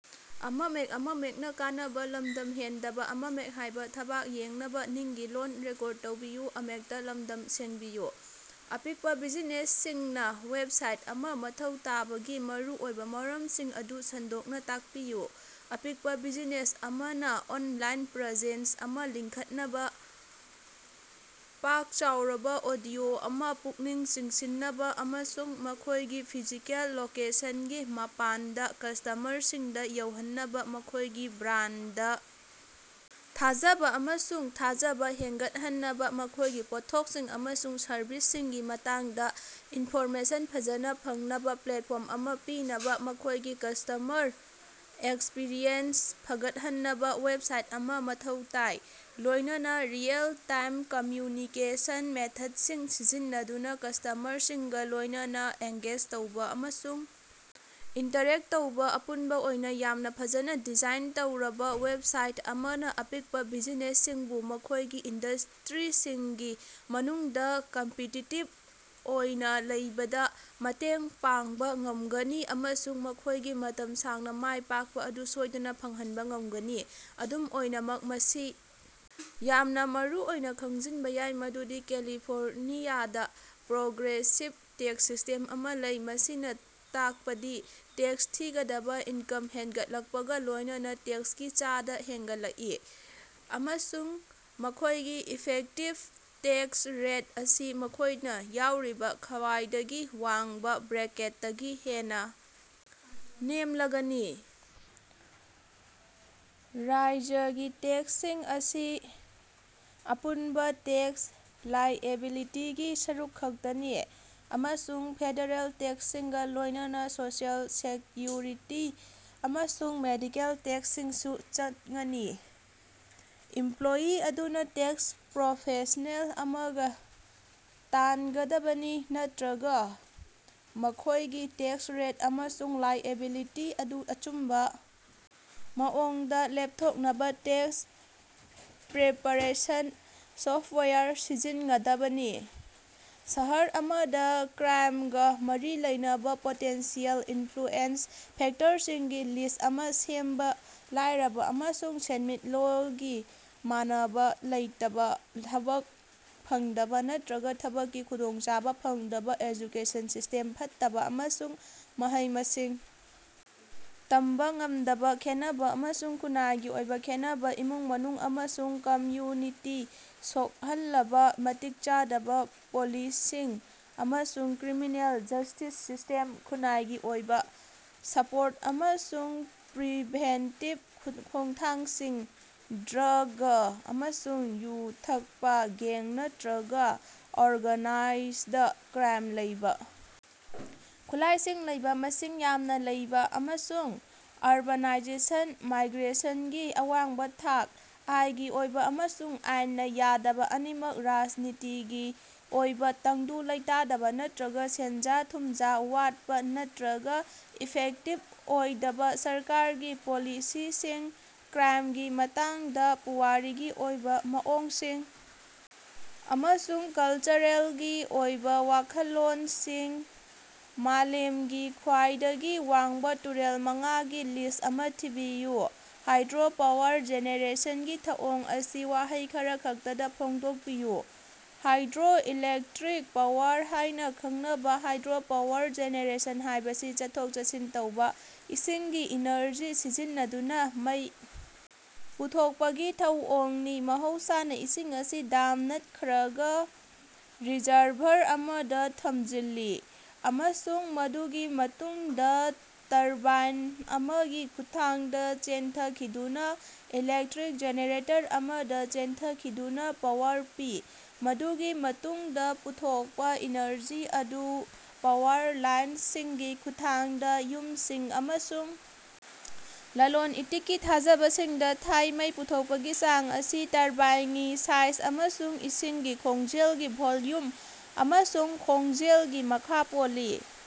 ꯑꯄꯤꯛꯄ ꯕꯤꯖꯤꯅꯦꯁꯁꯤꯡꯅ ꯋꯦꯕꯁꯥꯏꯠ ꯑꯃ ꯃꯊꯧ ꯇꯥꯕꯒꯤ ꯃꯔꯨꯑꯣꯏꯕꯥ ꯃꯔꯝꯁꯤꯡ ꯑꯗꯨ ꯁꯟꯗꯣꯛꯅ ꯇꯥꯛꯄꯤꯌꯨ꯫ ꯑꯄꯤꯛꯄ ꯕꯤꯖꯤꯅꯦꯁ ꯑꯃꯅꯥ ꯑꯣꯟꯂꯥꯏꯟ ꯄ꯭ꯔꯦꯖꯦꯟꯁ ꯑꯃꯥ ꯂꯤꯡꯈꯠꯅꯕꯥ, ꯄꯥꯛ ꯆꯥꯎꯔꯕꯥ ꯑꯣꯗꯤꯑꯣ ꯑꯃꯥ ꯄꯨꯛꯅꯤꯡ ꯆꯤꯡꯁꯤꯟꯅꯕꯥ ꯑꯃꯁꯨꯡ ꯃꯈꯣꯏꯒꯤ ꯐꯤꯖꯤꯀꯦꯜ ꯂꯣꯀꯦꯁꯟꯒꯤ ꯃꯄꯥꯟꯗ ꯀ꯭ꯁꯇꯃꯔꯁꯤꯡꯗ ꯌꯧꯍꯟꯅꯕ, ꯃꯈꯣꯏꯒꯤ ꯕ꯭ꯔꯥꯟꯗꯗ ꯊꯥꯖꯕ ꯑꯃꯁꯨꯡ ꯊꯥꯖꯕ ꯍꯦꯡꯒꯠꯍꯟꯅꯕ, ꯃꯈꯣꯏꯒꯤ ꯄꯣꯠꯊꯣꯛꯁꯤꯡ ꯑꯃꯁꯨꯡ ꯁꯔꯕꯤꯁꯁꯤꯡꯒꯤ ꯃꯇꯥꯡꯗ ꯏꯅꯐꯣꯔꯃꯦꯁꯟ ꯐꯖꯅꯥ ꯐꯪꯅꯕꯥ ꯄ꯭ꯂꯦꯠꯐ꯭ꯣꯔꯝ ꯑꯃ ꯄꯤꯅꯕ, ꯃꯈꯣꯏꯒꯤ ꯀ꯭ꯁꯇꯃꯔ ꯑꯦꯛꯁꯄꯤꯔꯤꯑꯦꯟꯁ ꯐꯒꯠꯍꯟꯅꯕ ꯋꯦꯕꯁꯥꯏꯠ ꯑꯃꯥ ꯃꯊꯧ ꯇꯥꯏ꯫, ꯂꯣꯏꯅꯅ ꯔꯤꯑꯦꯜ-ꯇꯥꯏꯝ ꯀꯝꯃ꯭ꯌꯨꯅꯤꯀꯦꯁꯟ ꯃꯦꯊꯠꯁꯤꯡ ꯁꯤꯖꯤꯟꯅꯗꯨꯅ ꯀ꯭ꯁꯇꯃꯔꯁꯤꯡꯒꯥ ꯂꯣꯏꯅꯅ ꯑꯦꯡꯒꯦꯖ ꯇꯧꯕ ꯑꯃꯁꯨꯡ ꯏꯟꯇꯔꯦꯛ ꯇꯧꯕꯥ꯫ ꯑꯄꯨꯟꯕ ꯑꯣꯏꯅ ꯌꯥꯝꯅ ꯐꯖꯅ ꯗꯤꯖꯥꯏꯟ ꯇꯧꯔꯕ ꯋꯦꯕꯁꯥꯏꯠ ꯑꯃꯅ ꯑꯄꯤꯛꯄ ꯕꯤꯖꯤꯅꯦꯁꯁꯤꯡꯕꯨ ꯃꯈꯣꯏꯒꯤ ꯏꯟꯗꯁ꯭ꯇꯔꯤꯁꯤꯡꯒꯤ ꯃꯅꯨꯡꯗꯥ ꯀꯝꯄꯤꯇꯤꯇꯤꯕ ꯑꯣꯏꯅꯥ ꯂꯩꯕꯗꯥ ꯃꯇꯦꯡ ꯄꯥꯡꯕꯥ ꯉꯝꯒꯅꯤ ꯑꯃꯁꯨꯡ ꯃꯈꯣꯏꯒꯤ ꯃꯇꯝ ꯁꯥꯡꯅꯥ ꯃꯥꯏꯄꯥꯛꯄꯥ ꯑꯗꯨ ꯁꯣꯏꯗꯅꯥ ꯐꯪꯍꯟꯕꯥ ꯉꯝꯒꯅꯤ꯫ ꯑꯗꯨꯝ ꯑꯣꯏꯅꯃꯛ, ꯃꯁꯤ ꯌꯥꯝꯅꯥ ꯃꯔꯨꯑꯣꯏꯅꯥ ꯈꯪꯖꯤꯟꯕ ꯌꯥꯏ ꯃꯗꯨꯗꯤ ꯀꯦꯂꯤꯐꯣꯔꯅꯤꯌꯥꯗꯥ ꯄ꯭ꯔꯣꯒ꯭ꯔꯦꯁꯤꯚ ꯇꯦꯛꯁ ꯁꯤꯁꯇꯦꯝ ꯑꯃ ꯂꯩ, ꯃꯁꯤꯅꯥ ꯇꯥꯛꯄꯗꯤ ꯇꯦꯛꯁ ꯊꯤꯒꯗꯕꯥ ꯏꯟꯀꯝ ꯍꯦꯡꯒꯠꯂꯛꯄꯒꯥ ꯂꯣꯏꯅꯅ ꯇꯦꯛꯁꯀꯤ ꯆꯥꯗ ꯍꯦꯡꯒꯠꯂꯛꯏ, ꯑꯃꯁꯨꯡ ꯃꯈꯣꯏꯒꯤ ꯏꯐꯦꯛꯇꯤꯕ ꯇꯦꯛꯁ ꯔꯦꯠ ꯑꯁꯤ ꯃꯈꯣꯏꯅ ꯌꯥꯎꯔꯤꯕ ꯈ꯭ꯋꯥꯏꯗꯒꯤ ꯋꯥꯡꯕ ꯕ꯭ꯔꯦꯀꯦꯠꯇꯒꯤ ꯍꯦꯟꯅ ꯅꯦꯝꯂꯒꯅꯤ꯫ ꯔꯥꯖ꯭ꯌꯒꯤ ꯇꯦꯛꯁꯁꯤꯡ ꯑꯁꯤ ꯑꯄꯨꯟꯕꯥ ꯇꯦꯛꯁ ꯂꯥꯏꯑꯦꯕꯤꯂꯤꯇꯤꯒꯤ ꯁꯔꯨꯛ ꯈꯛꯇꯅꯤ, ꯑꯃꯁꯨꯡ ꯐꯦꯗꯔꯦꯜ ꯇꯦꯛꯁꯁꯤꯡꯒꯥ ꯂꯣꯌꯅꯅꯥ ꯁꯣꯁꯤꯑꯦꯜ ꯁꯦꯛꯌꯨꯔꯤꯇꯤ ꯑꯃꯁꯨꯡ ꯃꯦꯗꯤꯀꯦꯜ ꯇꯦꯛꯁꯁꯤꯡꯁꯨ ꯆꯠꯉꯅꯤ꯫ ꯏꯝꯄ꯭ꯂꯣꯌꯤ ꯑꯗꯨꯅꯥ ꯇꯦꯛꯁ ꯄ꯭ꯔꯣꯐꯦꯁꯅꯦꯜ ꯑꯃꯒꯥ ꯇꯥꯟꯒꯗꯕꯅꯤ ꯅꯠꯇꯔꯒ ꯃꯈꯣꯏꯒꯤ ꯇꯦꯛꯁ ꯔꯦꯠ ꯑꯃꯁꯨꯡ ꯂꯥꯏꯑꯦꯕꯤꯂꯤꯇꯤ ꯑꯗꯨ ꯑꯆꯨꯝꯕꯥ ꯃꯑꯣꯡꯗꯥ ꯂꯦꯞꯊꯣꯛꯅꯕꯥ ꯇꯦꯛꯁ ꯄ꯭ꯔꯦꯄꯥꯔꯦꯁꯟ ꯁꯣꯐꯠꯋꯥꯌꯔ ꯁꯤꯖꯤꯟꯉꯗꯕꯅꯤ꯫ ꯁꯍꯔ ꯑꯃꯗ ꯀ꯭ꯔꯥꯏꯝꯒꯥ ꯃꯔꯤ ꯂꯩꯅꯕ ꯄꯣꯇꯦꯟꯁꯤꯑꯦꯜ ꯏꯟꯐ꯭ꯂꯨꯑꯦꯟꯖ ꯐꯦꯛꯇꯔꯁꯤꯡꯒꯤ ꯂꯤꯁ꯭ꯠ ꯑꯃ ꯁꯦꯝꯕ꯫ ꯂꯥꯏꯔꯕ ꯑꯃꯁꯨꯡ ꯁꯦꯟꯃꯤꯠꯂꯣꯒꯤ ꯃꯥꯟꯅꯕꯥ ꯂꯩꯇꯕꯥ ꯊꯕꯛ ꯐꯪꯗꯕꯥ ꯅꯠꯇꯔꯒ ꯊꯕꯛꯀꯤ ꯈꯨꯗꯣꯡꯆꯥꯕꯥ ꯐꯪꯗꯕꯥ ꯑꯦꯖꯨꯀꯦꯁꯟ ꯁꯤꯁ꯭ꯇꯦꯝ ꯐꯠꯇꯕꯥ ꯑꯃꯁꯨꯡ ꯃꯍꯩ-ꯃꯁꯤꯡ ꯇꯝꯕꯥ ꯉꯝꯗꯕꯥ ꯈꯦꯟꯅꯕꯥ ꯑꯃꯁꯨꯡ ꯈꯨꯟꯅꯥꯏꯒꯤ ꯑꯣꯏꯕꯥ ꯈꯦꯠꯅꯕꯥ ꯏꯃꯨꯡ-ꯃꯅꯨꯡ ꯑꯃꯁꯨꯡ ꯀꯝꯌꯨꯅꯤꯇꯤ ꯁꯣꯛꯍꯜꯂꯕꯥ ꯃꯇꯤꯛ ꯆꯥꯗꯕꯥ ꯄꯨꯂꯤꯁꯤꯡ ꯑꯃꯁꯨꯡ ꯀ꯭ꯔꯤꯃꯤꯅꯦꯜ ꯖꯁ꯭ꯇꯤꯁ ꯁꯤꯁꯇꯦꯝ ꯈꯨꯟꯅꯥꯏꯒꯤ ꯑꯣꯏꯕ꯫ ꯁꯄꯣꯔꯠ ꯑꯃꯁꯨꯡ ꯄ꯭ꯔꯤꯚꯦꯟꯇꯤꯚ ꯈꯣꯡꯊꯥꯡꯁꯤꯡ ꯗ꯭ꯔꯒ ꯑꯃꯁꯨꯡ ꯌꯨ ꯊꯛꯄꯥ ꯒꯦꯡ ꯅꯠꯇꯔꯒ ꯑꯣꯔꯒꯥꯅꯥꯏꯖꯗ ꯀ꯭ꯔꯥꯏꯝ ꯂꯩꯕꯥ ꯈꯨꯠꯂꯥꯏꯁꯤꯡ ꯂꯩꯕꯥ ꯃꯤꯁꯤꯡ ꯌꯥꯝꯅꯥ ꯂꯩꯕꯥ ꯑꯃꯁꯨꯡ ꯑꯔꯕꯥꯅꯥꯏꯖꯦꯁꯟ ꯃꯥꯏꯒ꯭ꯔꯦꯁꯟꯒꯤ ꯑꯋꯥꯡꯕ ꯊꯥꯛ, ꯑꯥꯏꯒꯤ ꯑꯣꯏꯕꯥ ꯑꯃꯁꯨꯡ ꯑꯥꯏꯟꯅꯥ ꯌꯥꯗꯕꯥ ꯑꯅꯤꯃꯛ ꯔꯥꯖꯅꯤꯇꯤꯒꯤ ꯑꯣꯏꯕꯥ ꯇꯪꯗꯨ ꯂꯩꯇꯥꯗꯕ ꯅꯠꯇꯔꯒ ꯁꯦꯟꯖꯥ-ꯊꯨꯝꯖꯥ ꯋꯥꯠꯄ ꯅꯠꯇꯔꯒ ꯏꯐꯦꯛꯇꯤꯕ ꯑꯣꯏꯗꯕ ꯁꯔꯀꯥꯔꯒꯤ ꯄꯣꯂꯤꯁꯤꯁꯤꯡ ꯀ꯭ꯔꯥꯏꯃꯒꯤ ꯃꯇꯥꯡꯗ ꯄꯨꯋꯥꯔꯤꯒꯤ ꯑꯣꯏꯕꯥ ꯃꯑꯣꯡꯁꯤꯡ ꯑꯃꯁꯨꯡ ꯀꯜꯆꯔꯦꯜꯒꯤ ꯑꯣꯏꯕ ꯋꯥꯈꯜꯂꯣꯟꯁꯤꯡ꯫ ꯃꯥꯂꯦꯝꯒꯤ ꯈ꯭ꯋꯥꯏꯗꯒꯤ ꯋꯥꯡꯕ ꯇꯨꯔꯦꯜ ꯃꯉꯥ ꯒꯤ ꯂꯤꯁ꯭ꯠ ꯑꯃ ꯊꯤꯕꯤꯌꯨ꯫ ꯍꯥꯏꯗ꯭ꯔꯣꯄꯥꯋꯔ ꯖꯦꯅꯦꯔꯦꯁꯟꯒꯤ ꯊꯧꯑꯣꯡ ꯑꯁꯤ ꯋꯥꯍꯩ ꯈꯔꯈꯛꯇꯗ ꯐꯣꯡꯗꯣꯛꯄꯤꯌꯨ꯫ ꯍꯥꯏꯗ꯭ꯔꯣꯏꯂꯦꯛꯠꯔꯤꯛ ꯄꯥꯋꯔ ꯍꯥꯏꯅ ꯈꯪꯅꯕꯥ ꯍꯥꯏꯗ꯭ꯔꯣꯄꯥꯋꯔ ꯖꯦꯅꯦꯔꯦꯁꯟ ꯍꯥꯏꯕꯁꯤ ꯆꯠꯊꯣꯛ-ꯆꯠꯁꯤꯟ ꯇꯧꯕꯥ ꯏꯁꯤꯡꯒꯤ ꯏꯅꯔꯖꯤ ꯁꯤꯖꯤꯟꯅꯗꯨꯅꯥ ꯃꯩ ꯄꯨꯊꯣꯛꯄꯒꯤ ꯊꯧꯑꯣꯡꯅꯤ꯫ ꯃꯍꯧꯁꯥꯅ, ꯏꯁꯤꯡ ꯑꯁꯤ ꯗꯥꯝ ꯅꯠꯈꯔꯒ ꯔꯤꯖꯔꯚꯔ ꯑꯃꯗ ꯊꯝꯖꯤꯜꯂꯤ, ꯑꯃꯁꯨꯡ ꯃꯗꯨꯒꯤ ꯃꯇꯨꯡꯗꯥ ꯇꯔꯕꯥꯏꯟ ꯑꯃꯒꯤ ꯈꯨꯠꯊꯥꯡꯗ ꯆꯦꯟꯊꯈꯤꯗꯨꯅ ꯏꯂꯦꯛꯇꯔꯤꯛ ꯖꯦꯅꯦꯔꯦꯇꯔ ꯑꯃꯗ ꯆꯦꯟꯊꯈꯤꯗꯨꯅꯥ ꯄꯥꯋꯔ ꯄꯤ꯫ ꯃꯗꯨꯒꯤ ꯃꯇꯨꯡꯗꯥ ꯄꯨꯊꯣꯛꯄ ꯏꯅꯔꯖꯤ ꯑꯗꯨ ꯄꯥꯋꯔ ꯂꯥꯏꯟꯁꯤꯡꯒꯤ ꯈꯨꯠꯊꯥꯡꯗ ꯌꯨꯝꯁꯤꯡ ꯑꯃꯁꯨꯡ ꯂꯂꯣꯟ-ꯏꯇꯤꯛꯀꯤ ꯊꯕꯖꯁꯤꯡꯗꯥ ꯊꯥꯏ꯫ ꯃꯩ ꯄꯨꯊꯣꯛꯄꯒꯤ ꯆꯥꯡ ꯑꯁꯤ ꯇꯔꯕꯥꯏꯉꯤ ꯁꯥꯏꯖ ꯑꯃꯁꯨꯡ ꯏꯁꯤꯡꯒꯤ ꯈꯣꯡꯖꯦꯂꯒꯤ ꯚꯣꯜꯌꯨꯝ ꯑꯃꯁꯨꯡ ꯈꯣꯡꯖꯦꯜꯒꯤ ꯃꯈꯥ ꯄꯣꯜꯂꯤ꯫